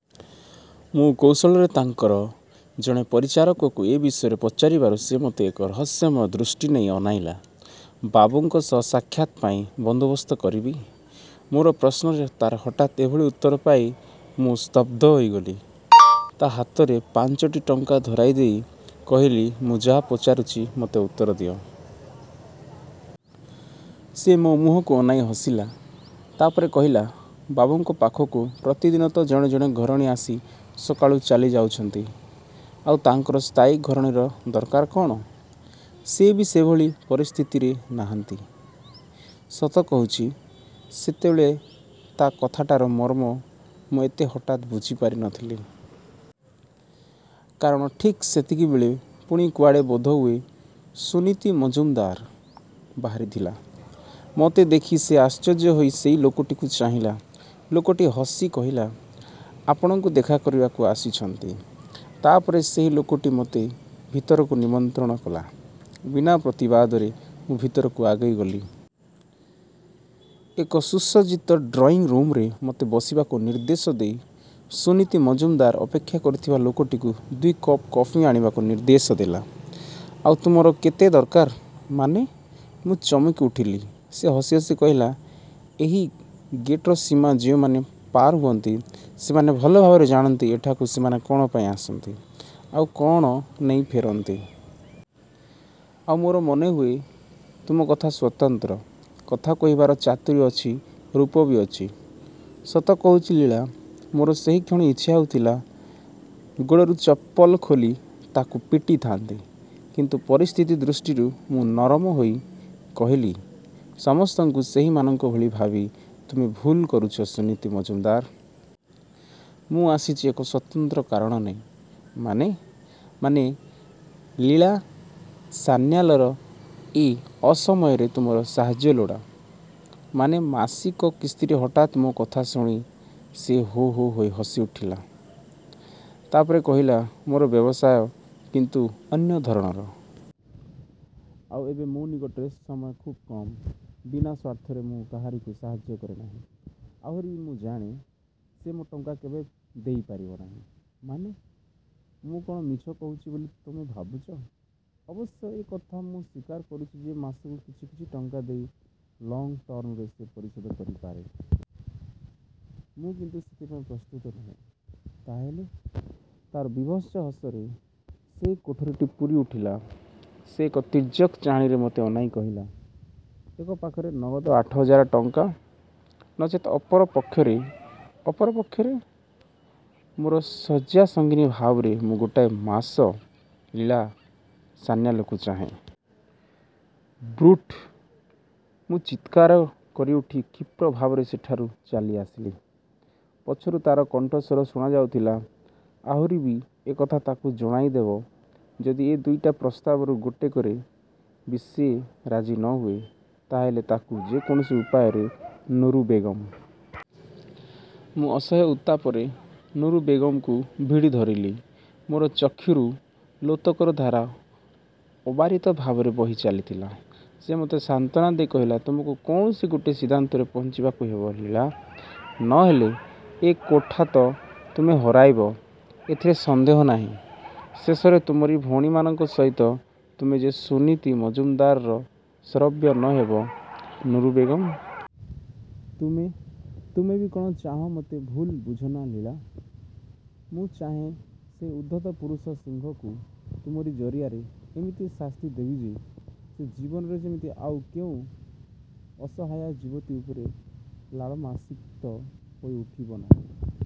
ମୁଁ କୌଶଳରେ ତାଙ୍କର ଜଣେ ପରିଚାରକକୁ ଏ ବିଷୟରେ ପଚାରିବାରୁ ସେ ମୋତେ ଏକ ରହସ୍ୟମୟ ଦୃଷ୍ଟି ନେଇ ଅନାଇଲା। ବାବୁଙ୍କ ସହ ସାକ୍ଷାତ ପାଇଁ ବନ୍ଦୋବସ୍ତ କରିବି? ମୋର ପ୍ରଶ୍ନରେ ତାର ହଠାତ୍ ଏଭଳି ଉତ୍ତର ପାଇ ମୁଁ ସ୍ତବ୍ଧ ହୋଇଗଲି। ତା ହାତରେ ପାଞ୍ଚଟି ଟଙ୍କା ଧରାଇ ଦେଇ କହିଲି, ମୁଁ ଯାହା ପଚାରୁଛି, ମୋତେ ଉତ୍ତର ଦିଅ। ସେ ମୋ ମୁହଁକୁ ଅନାଇ ହସିଲା। ତା ପରେ କହିଲା, ବାବୁଙ୍କ ପାଖକୁ ପ୍ରତିଦିନ ତ ଜଣେ ଜଣେ ଘରଣୀ ଆସି ସକାଳୁ ଚାଲି ଯାଉଛନ୍ତି, ଆଉ ତାଙ୍କର ସ୍ଥାୟୀ ଘରଣୀର ଦରକାର କଣ? ସେ ବି ସେଭଳି ପରିସ୍ଥିତିରେ ନାହାନ୍ତି। ସତ କହୁଛି, ସେତେବେଳେ ତା କଥାଟାର ମର୍ମ ମୁଁ ଏତେ ହଠାତ୍ ବୁଝିପାରିନଥିଲି। କାରଣ ଠିକ୍ ସେତିକିବେଳେ ପୁଣି କୁଆଡ଼େ ବୋଧହୁଏ ସୁନୀତି ମଜୁମଦାର ବାହାରିଥିଲା। ମୋତେ ଦେଖି ସେ ଆଶ୍ଚର୍ଯ୍ୟ ହୋଇ ସେହି ଲୋକଟିକୁ ଚାହିଁଲା। ଲୋକଟି ହସି କହିଲା, ଆପଣଙ୍କୁ ଦେଖା କରିବାକୁ ଆସିଛନ୍ତି। ତା ପରେ ସେହି ଲୋକଟି ମୋତେ ଭିତରକୁ ନିମନ୍ତ୍ରଣ କଲା। ବିନା ପ୍ରତିବାଦରେ ମୁଁ ଭିତରକୁ ଆଗେଇ ଗଲି। ଏକ ସୁସଜ୍ଜିତ ଡ୍ରଇଁ ରୁମରେ ମୋତେ ବସିବାକୁ ନିର୍ଦ୍ଦେଶ ଦେଇ ସୁନୀତି ମଜୁମଦାର ଅପେକ୍ଷା କରିଥିବା ଲୋକଟିକୁ ଦୁଇ କପ୍ କଫି ଆଣିବାକୁ ନିର୍ଦ୍ଦେଶ ଦେଲା। ଆଉ ତୁମର କେତେ ଦରକାର? ମାନେ? ମୁଁ ଚମକିଉଠିଲି। ସେ ହସି ହସି କହିଲା ଏହି ଗେଟର ସୀମା ଯେଉଁମାନେ ପାର ହୁଅନ୍ତି, ସେମାନେ ଭଲ ଭାବରେ ଜାଣନ୍ତି ଏଠାକୁ ସେମାନେ କଣ ପାଇଁ ଆସନ୍ତି, ଆଉ କଣ ନେଇ ଫେରନ୍ତି। ଆଉ ମୋର ମନେହୁଏ ତୁମ କଥା ସ୍ୱତନ୍ତ୍ର। କଥା କହିବାର ଚାତୁରୀ ଅଛି ରୂପ ବି ଅଛି। ସତ କହୁଛି ଲୀଳା, ମୋର ସେହିକ୍ଷଣି ଇଚ୍ଛା ହେଉଥିଲା, ଗୋଡ଼ରୁ ଚପଲ ଖୋଲି ତାକୁ ପିଟିଥାନ୍ତି। କିନ୍ତୁ ପରିସ୍ଥିତି ଦୃଷ୍ଟିରୁ ମୁଁ ନରମ ହୋଇ କହିଲି, ସମସ୍ତଙ୍କୁ ସେହିମାନଙ୍କ ଭଳି ଭାବି ତୁମେ ଭୁଲ୍ କରୁଛ ସୁନୀତି ମଜୁମଦାର। ମୁଁ ଆସିଛି ଏକ ସ୍ୱତନ୍ତ୍ର କାରଣ ନେଇ। ମାନେ? ମାନେ, ଲୀଳା ସାନ୍ନ୍ୟାଲର ଏ ଅସମୟରେ ତୁମର ସାହାଯ୍ୟ ଲୋଡ଼ା। ମାନେ ମାସିକ କିସ୍ତିରେ ହଠାତ୍ ମୋ କଥା ଶୁଣି ସେ ହୋ ହୋ ହୋଇ ହସିଉଠିଲା। ତା ପରେ କହିଲା, ମୋର ବ୍ୟବସାୟ କିନ୍ତୁ ଅନ୍ୟ ଧରଣର। ଆଉ ଏବେ ମୋ ନିକଟରେ ସମୟ ଖୁବ୍ କମ୍। ବିନା ସ୍ୱାର୍ଥରେ ମୁଁ କାହାରିକୁ ସାହାଯ୍ୟ କରେ ନାହିଁ। ଆହୁରି ବି ମୁଁ ଜାଣେ, ସେ ମୋ ଟଙ୍କା କେବେ ଦେଇପାରିବ ନାହିଁ। ମାନେ? ମୁଁ କଣ ମିଛ କହୁଛି ବୋଲି ତୁମେ ଭାବୁଛ? ଅବଶ୍ୟ ଏ କଥା ମୁଁ ସ୍ୱୀକାର କରୁଛି ଯେ, ମାସକୁ କିଛି କିଛି ଟଙ୍କା ଦେଇ ଲଙ୍ଗ୍ ଟର୍ମରେ ସେ ପରିଶୋଧ କରିପାରେ। ମୁଁ କିନ୍ତୁ ସେଥିପାଇଁ ପ୍ରସ୍ତୁତ ନୁହେଁ। ତା ହେଲେ? ତାର ବୀଭତ୍ସ ହସରେ ସେହି କୋଠରିଟି ପୂରିଉଠିଲା। ସେ ଏକ ତୀର୍ଯ୍ୟକ୍ ଚାହାଣୀରେ ମୋତେ ଅନାଇ କହିଲା, ଏକ ପାଖରେ ନଗଦ ଆଠ ହଜାର ଟଙ୍କା, ନଚେତ୍ ଅପର ପକ୍ଷରେ ଅପର ପକ୍ଷରେ? ମୋର ଶଯ୍ୟାସଙ୍ଗିନୀ ଭାବରେ ମୁଁ ଗୋଟାଏ ମାସ ଲୀଳା ସାନ୍ନ୍ୟାଲକୁ ଚାହେଁ। ବ୍ରୁଟ ମୁଁ ଚିତ୍କାର କରିଉଠି କ୍ଷୀପ୍ର ଭାବରେ ସେଠାରୁ ଚାଲିଆସିଲି। ପଛରୁ ତାର କଣ୍ଠସ୍ୱର ଶୁଣାଯାଉଥିଲା, ଆହୁରି ବି ଏ କଥା ତାକୁ ଜଣାଇଦେବ, ଯଦି ଏ ଦୁଇଟା ପ୍ରସ୍ତାବରୁ ଗୋଟିକରେ ବି ସେ ରାଜି ନ ହୁଏ, ତା ହେଲେ ତାକୁ ଯେ କୌଣସି ଉପାୟରେ ନୁରୁ ବେଗମ୍। ମୁଁ ଅସହ୍ୟ ଉତ୍ତାପରେ ନୁରୁ ବେଗମ୍‌କୁ ଭିଡ଼ିଧରିଲି। ମୋର ଚକ୍ଷୁରୁ ଲୋତକର ଧାରା ଅବାରିତ ଭାବରେ ବହି ଚାଲିଥିଲା। ସେ ମୋତେ ସାନ୍ତ୍ୱନା ଦେଇ କହିଲା, ତୁମକୁ କୌଣସି ଗୋଟିଏ ସିଦ୍ଧାନ୍ତରେ ପହଞ୍ଚିବାକୁ ହେବ, ଲୀଳା। ନ ହେଲେ ଏ କୋଠା ତ ତୁମେ ହରାଇବ ଏଥିରେ ସନ୍ଦେହ ନାହିଁ, ଶେଷରେ ତୁମରି ଭଉଣୀମାନଙ୍କ ସହିତ ତୁମେ ଯେ ସୁନୀତି ମଜୁମଦାରର ଶ୍ରବ୍ୟ ନ ହେବ ନୁରୁ ବେଗମ୍! ତୁମେ, ତୁମେ ବି କଣ ଚାହଁ ମୋତେ ଭୁଲ୍ ବୁଝନା ଲୀଳା। ମୁଁ ଚାହେଁ ସେହି ଉଦ୍ଧତ ପୁରୁଷ ସିଂହକୁ ତୁମରି ଜରିଆରେ ଏମିତି ଶାସ୍ତି ଦେବି ଯେ, ସେ ଜୀବନରେ ଯେମିତି ଆଉ କେଉଁ ଅସହାୟା ଯୁବତୀ ଉପରେ ଲାଳନାସିକ୍ତ ହୋଇଉଠିବ ନାହିଁ।